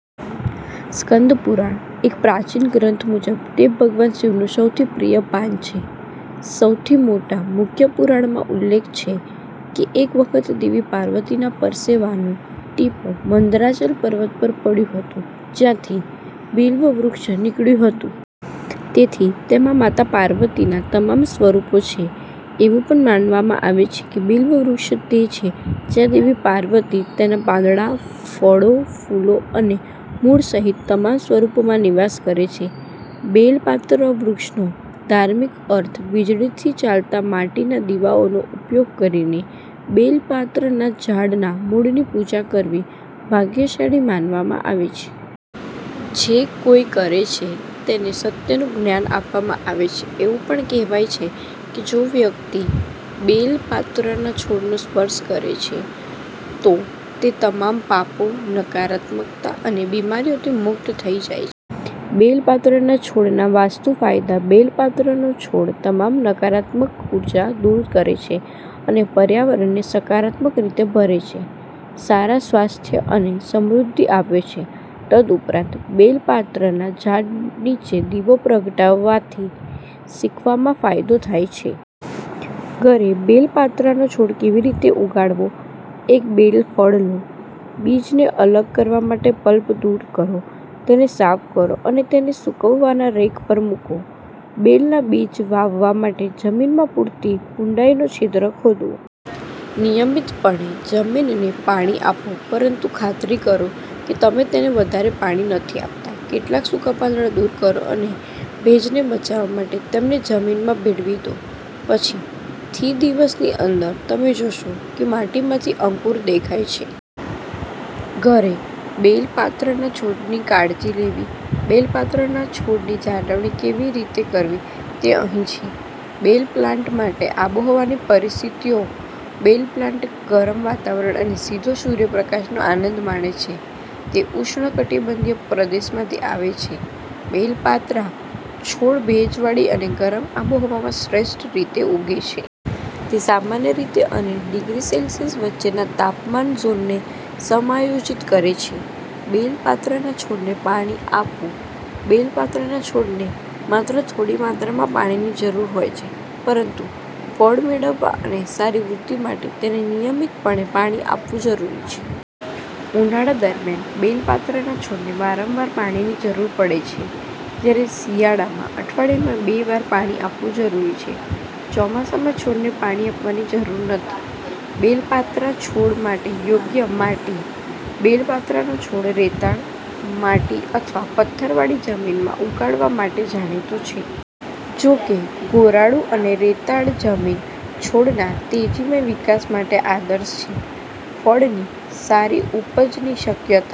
સ્કંદ પુરાણ, એક પ્રાચીન ગ્રંથ મુજબ તે ભગવાન શિવનું સૌથી પ્રિય પાન છે. સૌથી મોટા મુક્યપુરાણમાં ઉલ્લેખ છે કે એક વખત દેવી પાર્વતીના પરસેવાનું ટીપું મંદરાચલ પર્વત પર પડ્યું હતું, જ્યાંથી બિલ્વ વૃક્ષ નીકળ્યું હતું. તેથી, તેમાં માતા પાર્વતીના તમામ સ્વરૂપો છે. એવું પણ માનવામાં આવે છે કે બિલ્વ વૃક્ષ તે છે જ્યાં દેવી પાર્વતી તેના પાંદડા, ફળો, ફૂલો અને મૂળ સહિત તમા સ્વરૂપોમાં નિવાસ કરે છે. બેલ પાત્ર વૃક્ષનો ધાર્મિક અર્થ વીજળીથી ચાલતા માટીના દીવાઓનો ઉપયોગ કરીને બેલ પાત્રના ઝાડના મૂળની પૂજા કરવી ભાગ્યશાળી માનવામાં આવે છે. જે કોઈકરે છે તેને સત્યનું જ્ઞાન આપવામાં આવે છે. એવું પણ કહેવાય છે કે જો વ્યક્તિ બેલ પાત્રના છોડને સ્પર્શ કરે છે, તો તે તમામ પાપો, નકારાત્મકતા અને બીમારીઓથી મુક્ત થઈ જાય બેલ પાત્રના છોડના વાસ્તુ ફાયદા બેલ પાત્રનો છોડ તમામ નકારાત્મક ઉર્જા દૂર કરે છે અને પર્યાવરણને સકારાત્મક રીતે ભરે છે, સારા સ્વાસ્થ્ય અને સમૃદ્ધિ આપે છે. તદુપરાંત, બેલ પાત્રના ઝાડ નીચે દીવો પ્રગટાવવાથી શીખવામાં ફાયદો થાય છે. ઘરે બેલ પાત્રાનો છોડ કેવી રીતે ઉગાડવો એક બેલ ફળ લો, બીજને અલગ કરવા માટે પલ્પ દૂર કરો, તેને સાફ કરો અને તેને સૂકવવાના રેક પર મૂકો. બેલના બીજ વાવવા માટે જમીનમાં પૂરતી ઊંડાઈનો છિદ્ર ખોદવો. નિયમિતપણે જમીનને પાણી આપો પરંતુ ખાતરી કરો કે તમે તેને વધારે પાણી નથી આપતા. કેટલાક સૂકા પાંદડા દૂર કરો અને ભેજને બચાવવા માટે તેમને જમીનમાં ભેળવી દો. પછી, થી દિવસની અંદર, તમે જોશો કે માટીમાંથી અંકુર દેખાય છે. ઘરે બેલ પાત્રના છોડની કાળજી લેવી બેલ પાત્રના છોડની જાડવણી કેવી રીતે કરવી તે અહીં છે બેલ પ્લાન્ટ માટે આબોહવાની પરિસ્થિતિઓ બેલ પ્લાન્ટ ગરમ વાતાવરણ અને સીધો સૂર્યપ્રકાશનો આનંદ માણે છે. તે ઉષ્ણકટિબંધીય પ્રદેશમાંથી આવે છે, બેલ પાત્રા છોડ ભેજવાળી અને ગરમ આબોહવામાં શ્રેષ્ઠ રીતે ઉગે છે. તે સામાન્ય રીતે અને ડિગ્રી સેલ્સિયસ વચ્ચેના તાપમાન ઝોનને સમાયોજિત કરે છે. બેલ પાત્રના છોડને પાણી આપવુંબેલ પાત્રના છોડને માત્ર થોડી માત્રામાં પાણીની જરૂર હોય છે. પરંતુ ફળ મેળવવા અને સારી વૃદ્ધિ માટે, તેને નિયમિતપણે પાણી આપવું જરૂરી છે. ઉનાળા દરમિયાન, બેલ પાત્રના છોડને વારંવાર પાણીની જરૂર પડે છે, જ્યારે શિયાળામાં અઠવાડિયામાં બે વાર પાણી આપવું જરૂરી છે. ચોમાસામાં, છોડને પાણી આપવાની જરૂર નથી. બેલ પાત્રા છોડ માટે યોગ્ય માટીબેલ પાત્રાનો છોડ રેતાળ, માટી અથવા પથ્થરવાળી જમીનમાં ઉગાડવા માટે જાણીતો છે. જો કે, ગોરાડુ અને રેતાળ જમીન છોડના તેજીમય વિકાસ માટે આદર્શ છે. ફળની સારી ઉપજની શક્યતા